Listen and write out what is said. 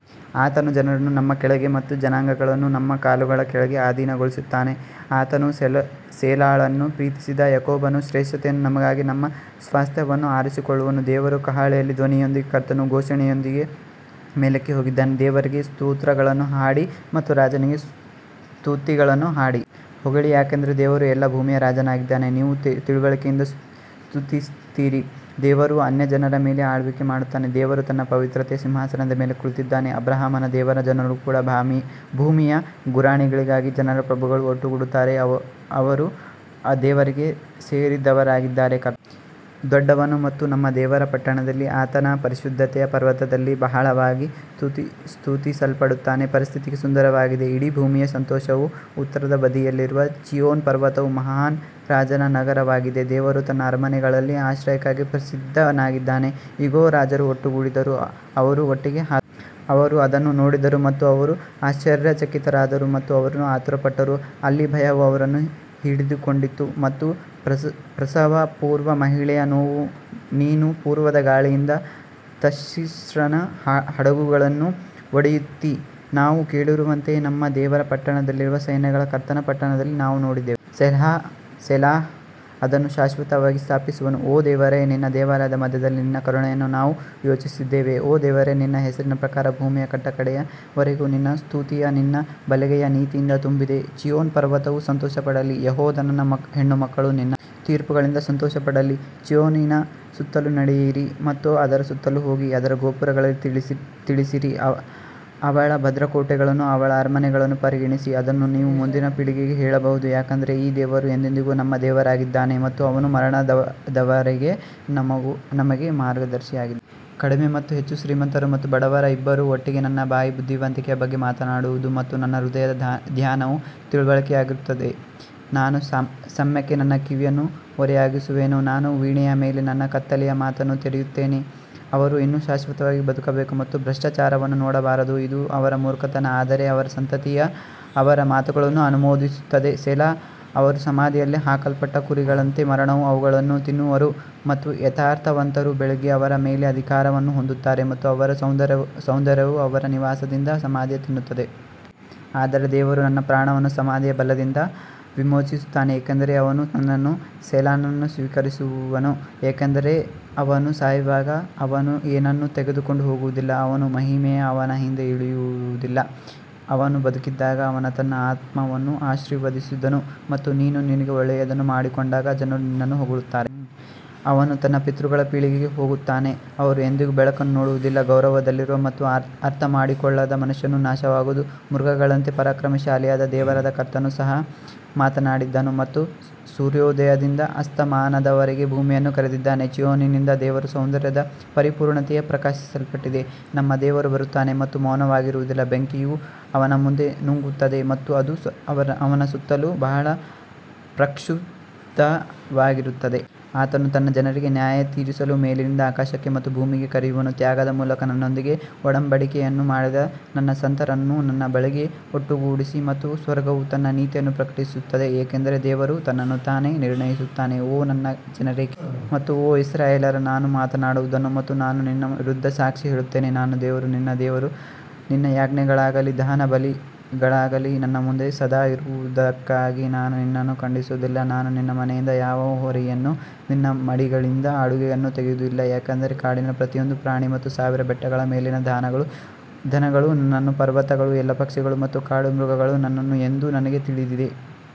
ಆತನು ಜನರನ್ನು ನಮ್ಮ ಕೆಳಗೆ ಮತ್ತು ಜನಾಂಗಗಳನ್ನು ನಮ್ಮ ಕಾಲುಗಳ ಕೆಳಗೆ ಅಧೀನಗೊಳಿಸುತ್ತಾನೆ ಆತನು ಸೇಲಾಳನ್ನು ಪ್ರೀತಿಸಿದ ಯಾಕೋಬನ ಶ್ರೇಷ್ಠತೆಯನ್ನು ನಮಗಾಗಿ ನಮ್ಮ ಸ್ವಾಸ್ತ್ಯವನ್ನು ಆರಿಸಿಕೊಳ್ಳುವನು ದೇವರು ಕಹಳೆಯ ಧ್ವನಿಯೊಂದಿಗೆ ಕರ್ತನು ಘೋಷಣೆಯೊಂದಿಗೆ ಮೇಲಕ್ಕೆ ಹೋಗಿದ್ದಾನೆ ದೇವರಿಗೆ ಸ್ತೋತ್ರಗಳನ್ನು ಹಾಡಿ ನಮ್ಮ ರಾಜನಿಗೆ ಸ್ತುತಿಗಳನ್ನು ಹಾಡಿ ಹೊಗಳಿ ಯಾಕಂದರೆ ದೇವರು ಎಲ್ಲಾ ಭೂಮಿಯ ರಾಜನಾಗಿದ್ದಾನೆ, ನೀವು ತಿಳುವಳಿಕೆಯಿಂದ ಸ್ತುತಿಸಿರಿ ದೇವರು ಅನ್ಯಜನರ ಮೇಲೆ ಆಳ್ವಿಕೆ ಮಾಡುತ್ತಾನೆ ದೇವರು ತನ್ನ ಪವಿತ್ರತೆಯ ಸಿಂಹಾಸನದ ಮೇಲೆ ಕುಳಿತಿದ್ದಾನೆ ಅಬ್ರಹಾಮನ ದೇವರ ಜನರು ಕೂಡ ಭೂಮಿಯ ಗುರಾಣಿಗಳಿಗಾಗಿ ಜನರ ಪ್ರಭುಗಳು ಒಟ್ಟುಗೂಡುತ್ತಾರೆ, ಅವರು ದೇವರಿಗೆ ಸೇರಿದವರಾಗಿದ್ದಾರೆ ಕರ್ತನು ದೊಡ್ಡವನು ಮತ್ತು ನಮ್ಮ ದೇವರ ಪಟ್ಟಣದಲ್ಲಿ ಆತನ ಪರಿಶುದ್ಧತೆಯ ಪರ್ವತದಲ್ಲಿ ಬಹಳವಾಗಿ ಸ್ತುತಿಸಲ್ಪಡುತ್ತಾನೆ ಪರಿಸ್ಥಿತಿಗೆ ಸುಂದರವಾಗಿದೆ ಇಡೀ ಭೂಮಿಯ ಸಂತೋಷವು ಉತ್ತರದ ಬದಿಯಲ್ಲಿರುವ ಚೀಯೋನ್ ಪರ್ವತವು ಮಹಾನ್ ರಾಜನ ನಗರವಾಗಿದೆ ದೇವರು ತನ್ನ ಅರಮನೆಗಳಲ್ಲಿ ಆಶ್ರಯಕ್ಕಾಗಿ ಪ್ರಸಿದ್ಧನಾಗಿದ್ದಾನೆ ಇಗೋ, ರಾಜರು ಒಟ್ಟುಗೂಡಿದರು, ಅವರು ಒಟ್ಟಿಗೆ ಅವರು ಅದನ್ನು ನೋಡಿದರು ಮತ್ತು ಅವರು ಆಶ್ಚರ್ಯಚಕಿತರಾದರು ಮತ್ತು ಅವರು ಆತುರಪಟ್ಟರು ಅಲ್ಲಿ ಭಯವು ಅವರನ್ನು ಹಿಡಿದಿಟ್ಟುಕೊಂಡಿತು ಮತ್ತು ಪ್ರಸವಪೂರ್ವ ಮಹಿಳೆಯ ನೋವು ನೀನು ಪೂರ್ವದ ಗಾಳಿಯಿಂದ ತಾರ್ಷೀಷಿನ ಹಡಗುಗಳನ್ನು ಒಡೆಯುತ್ತೀ ನಾವು ಕೇಳಿರುವಂತೆಯೇ ನಮ್ಮ ದೇವರ ಪಟ್ಟಣದಲ್ಲಿರುವ ಸೈನ್ಯಗಳ ಕರ್ತನ ಪಟ್ಟಣದಲ್ಲಿ ನಾವು ನೋಡಿದ್ದೇವೆ ಸೆಲಾಹ್ ಅದನ್ನು ಶಾಶ್ವತವಾಗಿ ಸ್ಥಾಪಿಸುವನು ಓ ದೇವರೇ, ನಿನ್ನ ದೇವಾಲಯದ ಮಧ್ಯದಲ್ಲಿ ನಿನ್ನ ಕರುಣೆಯನ್ನು ನಾವು ಯೋಚಿಸಿದ್ದೇವೆ ಓ ದೇವರೇ ನಿನ್ನ ಹೆಸರಿನ ಪ್ರಕಾರ ಭೂಮಿಯ ಕಟ್ಟಕಡೆಯ ವರೆಗೂ ನಿನ್ನ ಸ್ತುತಿಯು ನಿನ್ನ ಬಲಗೈಯು ನೀತಿಯಿಂದ ತುಂಬಿದೆ ಚೀಯೋನ್ ಪರ್ವತವು ಸಂತೋಷಪಡಲಿ, ಯೆಹೂದದ ಹೆಣ್ಣುಮಕ್ಕಳು ನಿನ್ನ ತೀರ್ಪುಗಳಿಂದ ಸಂತೋಷಪಡಲಿ ಚೀಯೋನಿನ ಸುತ್ತಲೂ ನಡೆಯಿರಿ ಮತ್ತು ಅದರ ಸುತ್ತಲೂ ಹೋಗಿ ಅದರ ಗೋಪುರಗಳಿಗೆ ತಿಳಿಸಿರಿ ಅವಳ ಭದ್ರಕೋಟೆಗಳನ್ನು ಅವಳ ಅರಮನೆಗಳನ್ನು ಪರಿಗಣಿಸಿ, ಅದನ್ನು ನೀವು ಮುಂದಿನ ಪೀಳಿಗೆಗೆ ಹೇಳಬಹುದು ಯಾಕಂದರೆ ಈ ದೇವರು ಎಂದೆಂದಿಗೂ ನಮ್ಮ ದೇವರಾಗಿದ್ದಾನೆ ಮತ್ತು ಅವನು ಮರಣದವರೆಗೂ ನಮಗೆ ಮಾರ್ಗದರ್ಶಿಯಾಗಿದ್ದಾನೆ ಕಡಿಮೆ ಮತ್ತು ಹೆಚ್ಚು ಶ್ರೀಮಂತರು ಮತ್ತು ಬಡವರು ಇಬ್ಬರೂ ಒಟ್ಟಿಗೆ ನನ್ನ ಬಾಯಿ ಬುದ್ಧಿವಂತಿಕೆಯ ಬಗ್ಗೆ ಮಾತನಾಡುವದು ಮತ್ತು ನನ್ನ ಹೃದಯದ ಧ್ಯಾನವು ತಿಳುವಳಿಕೆಯಾಗಿರುತ್ತದೆ ನಾನು ಸಾಮ್ಯಕ್ಕೆ ನನ್ನ ಕಿವಿಯನ್ನು ಓರೆಯಾಗಿಸುವೆನು, ನಾನು ವೀಣೆಯ ಮೇಲೆ ನನ್ನ ಕತ್ತಲೆಯ ಮಾತನ್ನು ತೆರೆಯುತ್ತೇನೆ ಅವರು ಇನ್ನೂ ಶಾಶ್ವತವಾಗಿ ಬದುಕಬೇಕು ಮತ್ತು ಭ್ರಷ್ಟಾಚಾರವನ್ನು ನೋಡಬಾರದು ಇದು ಅವರ ಮೂರ್ಖತನ ಆದರೆ ಅವರ ಸಂತತಿಯು ಅವರ ಮಾತುಗಳನ್ನು ಅನುಮೋದಿಸುತ್ತದೆ ಸೆಲಾ ಅವರು ಸಮಾಧಿಯಲ್ಲಿ ಹಾಕಲ್ಪಟ್ಟ ಕುರಿಗಳಂತೆ ಮರಣವು ಅವುಗಳನ್ನು ತಿನ್ನುವರು ಮತ್ತು ಯಥಾರ್ಥವಂತರು ಬೆಳಿಗ್ಗೆ ಅವರ ಮೇಲೆ ಅಧಿಕಾರವನ್ನು ಹೊಂದುತ್ತಾರೆ ಮತ್ತು ಅವರ ಸೌಂದರ್ಯವು ಅವರ ನಿವಾಸದಿಂದ ಸಮಾಧಿಯಲ್ಲಿ ತಿನ್ನುತ್ತದೆ. ಆದರೆ ದೇವರು ನನ್ನ ಪ್ರಾಣವನ್ನು ಸಮಾಧಿಯ ಬಲದಿಂದ ವಿಮೋಚಿಸುತ್ತಾನೆ ಏಕೆಂದರೆ ಅವನು ನನ್ನನ್ನು ಸೆಲಾನನ್ನು ಸ್ವೀಕರಿಸುವನು ಯಾಕಂದರೆ ಅವನು ಸಾಯುವಾಗ ಅವನು ಏನನ್ನೂ ತೆಗೆದುಕೊಂಡು ಹೋಗುವುದಿಲ್ಲ, ಅವನ ಮಹಿಮೆಯು ಅವನ ಹಿಂದೆ ಇಳಿಯುವುದಿಲ್ಲ ಅವನು ಬದುಕಿದ್ದಾಗ ಅವನು ತನ್ನ ಆತ್ಮವನ್ನು ಆಶೀರ್ವದಿಸಿದನು ಮತ್ತು ನೀನು ನಿನಗೆ ಒಳ್ಳೆಯದನ್ನು ಮಾಡಿಕೊಂಡಾಗ ಜನರು ನಿನ್ನನ್ನು ಹೊಗಳುತ್ತಾರೆ. ಅವನು ತನ್ನ ಪಿತೃಗಳ ಪೀಳಿಗೆಗೆ ಹೋಗುತ್ತಾನೆ, ಅವರು ಎಂದಿಗೂ ಬೆಳಕನ್ನು ನೋಡುವುದಿಲ್ಲ ಗೌರವದಲ್ಲಿರುವ ಮತ್ತು ಅರ್ಥಮಾಡಿಕೊಳ್ಳದ ಮನುಷ್ಯನು ನಾಶವಾಗುವ ಮೃಗಗಳಂತೆ ಪರಾಕ್ರಮಶಾಲಿಯಾದ ದೇವರಾದ ಕರ್ತನು ಸಹ ಮಾತನಾಡಿದ್ದಾನೆ ಮತ್ತು ಸೂರ್ಯೋದಯದಿಂದ ಅಸ್ತಮಾನದವರೆಗೆ ಭೂಮಿಯನ್ನು ಕರೆದಿದ್ದಾನೆ ಚೀಯೋನಿನಿಂದ ದೇವರು ಸೌಂದರ್ಯದ ಪರಿಪೂರ್ಣತೆಯು ಪ್ರಕಾಶಿಸಲ್ಪಟ್ಟಿದೆ ನಮ್ಮ ದೇವರು ಬರುತ್ತಾನೆ ಮತ್ತು ಮೌನವಾಗಿರುವುದಿಲ್ಲ, ಬೆಂಕಿಯು ಅವನ ಮುಂದೆ ನುಂಗುತ್ತದೆ ಮತ್ತು ಅದು ಅವನ ಸುತ್ತಲೂ ಬಹಳ ಪ್ರಕ್ಷುಬ್ಧವಾಗಿರುತ್ತದೆ. ಆತನು ತನ್ನ ಜನರಿಗೆ ನ್ಯಾಯತೀರಿಸಲು ಮೇಲಿನಿಂದ ಆಕಾಶಕ್ಕೆ ಮತ್ತು ಭೂಮಿಗೆ ಕರೆಯುವನು ತ್ಯಾಗದ ಮೂಲಕ ನನ್ನೊಂದಿಗೆ ಒಡಂಬಡಿಕೆಯನ್ನು ಮಾಡಿದ ನನ್ನ ಸಂತರನ್ನು ನನ್ನ ಬಳಿಗೆ ಒಟ್ಟುಗೂಡಿಸು ಮತ್ತು ಸ್ವರ್ಗವು ತನ್ನ ನೀತಿಯನ್ನು ಪ್ರಕಟಿಸುತ್ತದೆ ಏಕೆಂದರೆ ದೇವರು ತನ್ನನ್ನು ತಾನೇ ನಿರ್ಣಯಿಸುತ್ತಾನೆ. ಓ ನನ್ನ ಜನರೇ ಕೇಳು ಮತ್ತು ಓ ಇಸ್ರಾಯೇಲ್ಯರೇ ನಾನು ಮಾತನಾಡುತ್ತೇನೆ ಮತ್ತು ನಾನು ನಿನ್ನ ವಿರುದ್ಧ ಸಾಕ್ಷಿ ಹೇಳುತ್ತೇನೆ ನಾನು ದೇವರು ನಿನ್ನ ದೇವರು ನಿನ್ನ ಯಜ್ಞಗಳಾಗಲಿ ದಹನಬಲಿಗಳಾಗಲಿ ನನ್ನ ಮುಂದೆ ಸದಾ ಇರುವದಕ್ಕಾಗಿ ನಾನು ನಿನ್ನನ್ನು ಖಂಡಿಸುವುದಿಲ್ಲ ನಾನು ನಿನ್ನ ಮನೆಯಿಂದ ಯಾವ ಹೋರಿಯನ್ನೂ ನಿನ್ನ ಮಡಿಗಳಿಂದ ಆಡುಗಳನ್ನೂ ತೆಗೆಯುವುದಿಲ್ಲ ಯಾಕಂದರೆ ಕಾಡಿನ ಪ್ರತಿಯೊಂದು ಪ್ರಾಣಿ ಮತ್ತು ಸಾವಿರ ಬೆಟ್ಟಗಳ ಮೇಲಿನ ದನಗಳು ನನ್ನದು ಪರ್ವತಗಳ ಎಲ್ಲಾ ಪಕ್ಷಿಗಳು ಮತ್ತು ಕಾಡು ಮೃಗಗಳು ನನ್ನವು ಎಂದು ನನಗೆ ತಿಳಿದಿದೆ.